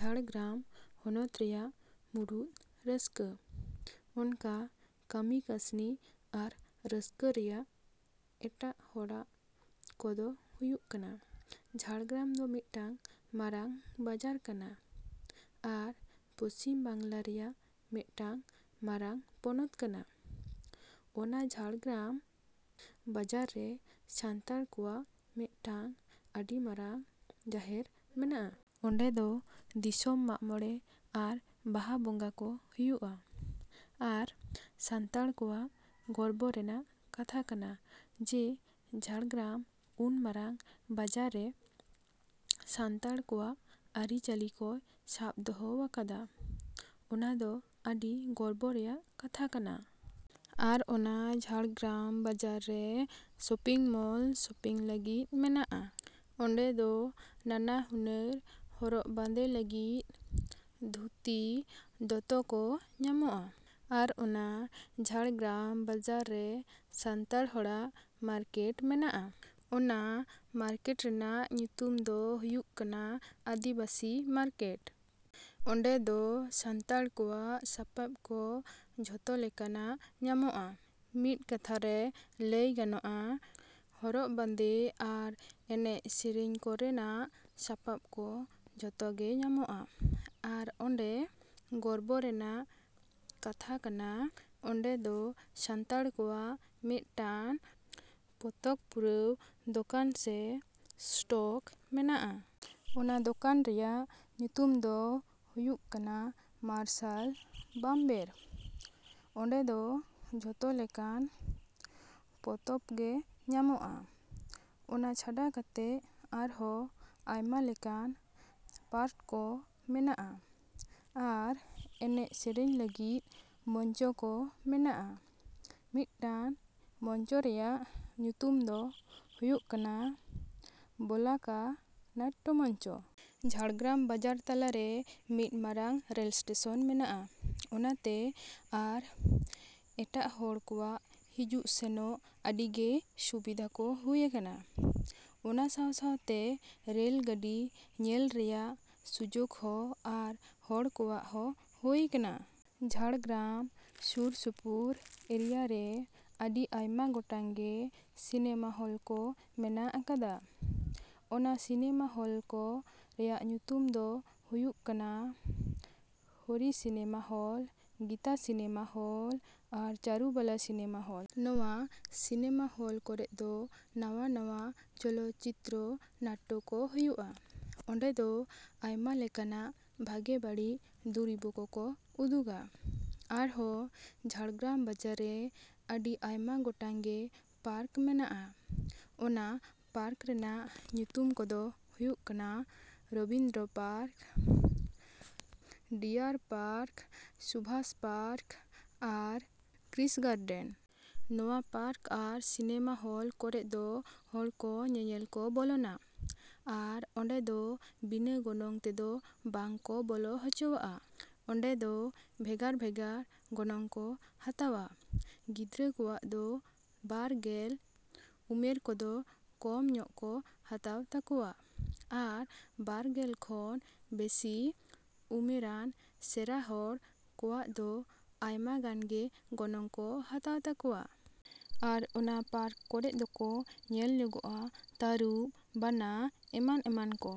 ᱡᱷᱟᱲᱜᱨᱟᱢ ᱦᱚᱱᱚᱛ ᱨᱮᱭᱟᱜ ᱢᱩᱬᱩᱛ ᱨᱟᱹᱥᱠᱟᱹ ᱟᱱᱟᱜ ᱠᱟᱹᱢᱤ ᱠᱟᱹᱥᱱᱤ ᱟᱨ ᱨᱟᱹᱥᱠᱟᱹ ᱨᱮᱭᱟᱜ ᱮᱴᱟᱜ ᱦᱚᱨᱟ ᱠᱚᱫᱚ ᱦᱩᱭᱩᱜ ᱠᱟᱱᱟ ᱡᱷᱟᱲᱜᱨᱟᱢ ᱫᱚ ᱢᱤᱫᱴᱟᱝ ᱢᱟᱨᱟᱝ ᱵᱟᱡᱟᱨ ᱠᱟᱱᱟ ᱟᱨ ᱯᱚᱪᱷᱤᱢ ᱵᱟᱝᱞᱟ ᱨᱮᱭᱟᱜ ᱢᱤᱫᱴᱟᱝ ᱢᱟᱨᱟᱝ ᱯᱚᱱᱚᱛ ᱠᱟᱱᱟ᱾ ᱚᱱᱟ ᱡᱷᱟᱲᱜᱨᱟᱢ ᱵᱟᱡᱟᱨ ᱨᱮ ᱥᱟᱱᱛᱟᱲᱟᱜ ᱢᱤᱫᱴᱟᱝ ᱟᱹᱰᱤ ᱢᱟᱨᱟᱝ ᱡᱟᱦᱮᱨ ᱢᱮᱱᱟᱜᱼᱟ᱾ ᱚᱸᱰᱮ ᱫᱚ ᱫᱤᱥᱚᱢ ᱢᱟᱜᱽ ᱢᱚᱸᱬᱮ ᱟᱨ ᱵᱟᱦᱟ ᱵᱚᱸᱜᱟ ᱠᱚ ᱦᱩᱭᱩᱜᱼᱟ᱾ ᱟᱨ ᱥᱟᱱᱛᱟᱲᱟᱜ ᱜᱚᱨᱚᱵᱽ ᱟᱱᱟᱜ ᱠᱟᱛᱷᱟ ᱠᱟᱱᱟ ᱡᱮ ᱡᱷᱟᱲᱜᱨᱟᱢ ᱩᱱ ᱢᱟᱨᱟᱝ ᱵᱟᱡᱟᱨ ᱨᱮ ᱥᱟᱱᱛᱟᱲ ᱠᱚᱣᱟᱜ ᱟᱹᱨᱤᱼᱪᱟᱹᱞᱤ ᱠᱚᱭ ᱥᱟᱵᱽ ᱫᱚᱦᱚ ᱟᱠᱟᱫᱟ᱾ ᱚᱱᱟ ᱫᱚ ᱟᱹᱰᱤ ᱜᱚᱨᱚᱵᱽ ᱨᱮᱱᱟᱜ ᱠᱟᱛᱷᱟ ᱠᱟᱱᱟ᱾ ᱟᱨ ᱚᱱᱟ ᱡᱷᱟᱲᱜᱨᱟᱢ ᱵᱟᱡᱟᱨ ᱨᱮ ᱥᱚᱯᱤᱝ ᱢᱚᱞ ᱥᱚᱯᱤᱝ ᱞᱟᱹᱜᱤᱫ ᱢᱮᱱᱟᱜᱼᱟ᱾ ᱚᱸᱰᱮ ᱫᱚ ᱱᱟᱱᱟ ᱦᱩᱱᱟᱹᱨ ᱦᱚᱨᱚᱜ ᱵᱟᱸᱫᱮ ᱞᱟᱹᱜᱤᱫ ᱫᱷᱩᱛᱤ ᱫᱚᱛᱚ ᱠᱚ ᱧᱟᱢᱚᱜᱼᱟ᱾ ᱟᱨ ᱚᱱᱟ ᱡᱷᱟᱲᱜᱨᱟᱢ ᱵᱟᱡᱟᱨ ᱨᱮ ᱥᱟᱱᱛᱟᱲ ᱦᱚᱲᱟᱜ ᱢᱟᱨᱠᱮᱴ ᱢᱮᱱᱟᱜᱼᱟ᱾ ᱚᱱᱟ ᱢᱟᱨᱠᱮᱴ ᱨᱮᱱᱟᱜ ᱧᱩᱛᱩᱢ ᱫᱚ ᱦᱩᱭᱩᱜ ᱠᱟᱱᱟ ᱟᱹᱫᱤᱵᱟᱹᱥᱤ ᱢᱟᱨᱠᱮᱴ᱾ ᱚᱸᱰᱮ ᱫᱚ ᱥᱟᱱᱛᱟᱲ ᱠᱚᱣᱟᱜ ᱥᱟᱯᱟᱯ ᱠᱚ ᱡᱷᱚᱛᱚ ᱞᱮᱠᱟᱱᱟᱜ ᱧᱟᱢᱚᱜᱼᱟ᱾ ᱢᱤᱫ ᱠᱟᱛᱷᱟᱛᱮ ᱞᱟᱹᱭ ᱜᱟᱱᱚᱜᱼᱟ ᱦᱚᱨᱚᱜ ᱵᱟᱸᱫᱮ ᱟᱨ ᱮᱱᱮᱡ ᱥᱮᱨᱮᱧ ᱠᱚᱨᱮᱱᱟᱜ ᱥᱟᱯᱟᱯ ᱠᱚ ᱡᱚᱛᱚᱜᱮ ᱧᱟᱢᱚᱜᱼᱟ᱾ ᱟᱨ ᱟᱹᱰᱤ ᱜᱚᱨᱚᱵᱽ ᱨᱮᱱᱟᱜ ᱠᱟᱛᱷᱟ ᱠᱟᱱᱟ ᱚᱸᱰᱮ ᱫᱚ ᱥᱟᱱᱛᱟᱲ ᱠᱚᱣᱟᱜ ᱢᱤᱫᱴᱟᱝ ᱯᱚᱛᱚᱵᱽ ᱢᱩᱨᱟᱹᱭ ᱫᱚᱠᱟᱱ ᱥᱮ ᱤᱥᱴᱚᱞ ᱢᱮᱱᱟᱜᱼᱟ᱾ ᱚᱱᱟ ᱫᱚᱠᱟᱱ ᱨᱮᱭᱟᱜ ᱧᱩᱛᱩᱢ ᱫᱚ ᱦᱩᱭᱩᱜ ᱠᱟᱱᱟ ᱢᱟᱨᱥᱟᱞ ᱵᱟᱢᱵᱮᱨ᱾ ᱚᱸᱰᱮ ᱫᱚ ᱡᱷᱚᱛᱚ ᱞᱮᱠᱟᱱ ᱯᱚᱛᱚᱵᱽ ᱜᱮ ᱧᱟᱢᱚᱜᱼᱟ᱾ ᱚᱱᱟ ᱪᱷᱟᱰᱟ ᱠᱟᱛᱮ ᱟᱨᱦᱚᱸ ᱟᱭᱢᱟ ᱞᱮᱠᱟᱱ ᱯᱟᱨᱴ ᱠᱚ ᱢᱮᱱᱟᱜᱼᱟ ᱟᱨ ᱮᱱᱮᱡ ᱥᱮᱨᱮᱧ ᱞᱟᱹᱜᱤᱫ ᱢᱚᱧᱪᱚ ᱠᱚ ᱢᱮᱱᱟᱜᱼᱟ᱾ ᱢᱤᱫᱴᱟᱝ ᱢᱚᱧᱪᱚ ᱨᱮᱭᱟᱜ ᱧᱩᱛᱩᱢ ᱫᱚ ᱦᱩᱭᱩᱜ ᱠᱟᱱᱟ ᱵᱚᱞᱟᱠᱟ ᱱᱟᱴᱴᱚ ᱢᱚᱧᱪᱚ᱾ ᱡᱷᱟᱲᱜᱨᱟᱢ ᱵᱟᱡᱟᱨ ᱛᱟᱞᱟᱨᱮ ᱢᱤᱫ ᱢᱟᱨᱟᱝ ᱨᱮᱞ ᱤᱥᱴᱮᱥᱚᱱ ᱢᱮᱱᱟᱜᱼᱟ᱾ ᱚᱱᱟᱛᱮ ᱟᱨ ᱮᱴᱟᱜ ᱦᱚᱲ ᱠᱚᱣᱟᱜ ᱦᱤᱡᱩᱜ ᱥᱮᱱᱚᱜ ᱟᱹᱰᱤᱜᱮ ᱥᱩᱵᱤᱫᱟ ᱠᱚ ᱦᱩᱭ ᱟᱠᱟᱱᱟ᱾ ᱚᱱᱟ ᱥᱟᱶ ᱥᱟᱶᱛᱮ ᱨᱮᱞ ᱜᱟᱹᱰᱤ ᱧᱮᱞ ᱨᱮᱭᱟᱜ ᱥᱩᱡᱳᱜᱽ ᱦᱚᱸ ᱟᱨ ᱦᱚᱲ ᱠᱚᱣᱟᱜ ᱦᱩᱭ ᱟᱠᱟᱱᱟ᱾ ᱡᱷᱟᱲᱜᱨᱟᱢ ᱥᱩᱨ ᱥᱩᱯᱩᱨ ᱮᱨᱤᱭᱟ ᱨᱮ ᱟᱹᱰᱤ ᱟᱭᱢᱟ ᱜᱚᱴᱟᱝ ᱜᱮ ᱥᱤᱱᱮᱢᱟ ᱦᱚᱞ ᱠᱚ ᱢᱮᱱᱟᱜ ᱟᱠᱟᱫᱼᱟ᱾ ᱚᱱᱟ ᱥᱤᱱᱮᱢᱟ ᱦᱚᱞ ᱠᱚ ᱨᱮᱭᱟᱜ ᱧᱩᱛᱩᱢ ᱫᱚ ᱦᱩᱭᱩᱜ ᱠᱟᱱᱟ Hari cinema hall, Gita cinema hall ᱟᱨ ᱪᱟᱹᱨᱩᱞᱚᱛᱟ ᱥᱤᱱᱮᱢᱟ ᱦᱚᱞ᱾ ᱱᱚᱣᱟ ᱥᱤᱱᱮᱢᱟ ᱦᱚᱞ ᱠᱚᱨᱮᱜ ᱫᱚ ᱱᱟᱣᱟ ᱱᱟᱣᱟ ᱪᱚᱞᱚ ᱪᱤᱛᱨᱚ ᱱᱟᱴᱴᱚ ᱠᱚ ᱦᱩᱭᱩᱜᱼᱟ᱾ ᱚᱸᱰᱮ ᱫᱚ ᱟᱭᱢᱟ ᱞᱮᱠᱟᱱᱟᱜ ᱵᱷᱟᱜᱮ ᱵᱟᱹᱲᱤᱡ ᱫᱩᱨᱤᱵᱽ ᱠᱚᱠᱚ ᱩᱫᱩᱜᱟ᱾ ᱟᱨᱦᱚᱸ ᱡᱷᱟᱲᱜᱨᱟᱢ ᱵᱟᱡᱟᱨ ᱨᱮ ᱟᱹᱰᱤ ᱟᱭᱢᱟ ᱜᱚᱴᱟᱝ ᱜᱮ ᱯᱟᱨᱠ ᱢᱮᱱᱟᱜᱼᱟ᱾ ᱚᱱᱟ ᱯᱟᱨᱠ ᱨᱮᱱᱟᱜ ᱧᱩᱛᱩᱢ ᱠᱚᱫᱚ ᱦᱩᱭᱩᱜ ᱠᱟᱱᱟ ᱨᱚᱵᱤᱱᱫᱨᱚ ᱯᱟᱨᱠ, ᱰᱤᱭᱟᱨ ᱯᱟᱨᱠ, ᱥᱩᱵᱷᱟᱥ ᱯᱟᱨᱠ ᱟᱨ ᱠᱨᱤᱥ ᱜᱟᱨᱰᱮᱱ᱾ ᱱᱚᱣᱟ ᱯᱟᱨᱠ ᱟᱨ ᱥᱤᱱᱮᱢᱟ ᱦᱚᱞ ᱠᱚᱨᱮ ᱫᱚ ᱦᱚᱲ ᱠᱚ ᱧᱮᱧᱮᱞ ᱠᱚ ᱵᱚᱞᱚᱱᱟ ᱟᱨ ᱚᱸᱰᱮ ᱫᱚ ᱵᱤᱱᱟᱹ ᱜᱚᱱᱚᱝ ᱛᱮᱫᱚ ᱵᱟᱝ ᱠᱚ ᱵᱚᱞᱚ ᱦᱚᱪᱚᱣᱟᱜᱼᱟ᱾ ᱚᱸᱰᱮ ᱫᱚ ᱵᱷᱮᱜᱟᱨ ᱵᱷᱮᱜᱟᱨ ᱜᱚᱱᱚᱝ ᱠᱚ ᱦᱟᱛᱟᱣᱟ᱾ ᱜᱤᱫᱽᱨᱟᱹ ᱠᱚᱣᱟᱜ ᱫᱚ ᱵᱟᱨᱜᱮᱞ ᱩᱢᱮᱨᱟᱱ ᱠᱚᱫᱚ ᱠᱚᱢ ᱧᱚᱜ ᱠᱚ ᱦᱟᱛᱟᱣ ᱛᱟᱠᱚᱣᱟ ᱟᱨ ᱵᱟᱨᱜᱮᱞ ᱠᱷᱚᱱ ᱵᱮᱥᱤ ᱩᱢᱮᱨᱟᱱ ᱥᱮᱲᱟ ᱦᱚᱲ ᱠᱚᱣᱟᱜ ᱫᱚ ᱟᱭᱢᱟ ᱜᱟᱱ ᱜᱮ ᱜᱚᱱᱚᱝ ᱠᱚ ᱦᱟᱛᱟᱣ ᱛᱟᱠᱚᱣᱟ᱾ ᱟᱨ ᱚᱱᱟ ᱯᱟᱨᱠ ᱠᱚᱨᱮ ᱫᱚᱠᱚ ᱧᱮᱞ ᱧᱟᱢᱚᱜᱼᱟ ᱛᱟᱹᱨᱩᱵᱽ, ᱵᱟᱱᱟ, ᱮᱢᱟᱱ ᱮᱢᱟᱱ ᱠᱚ᱾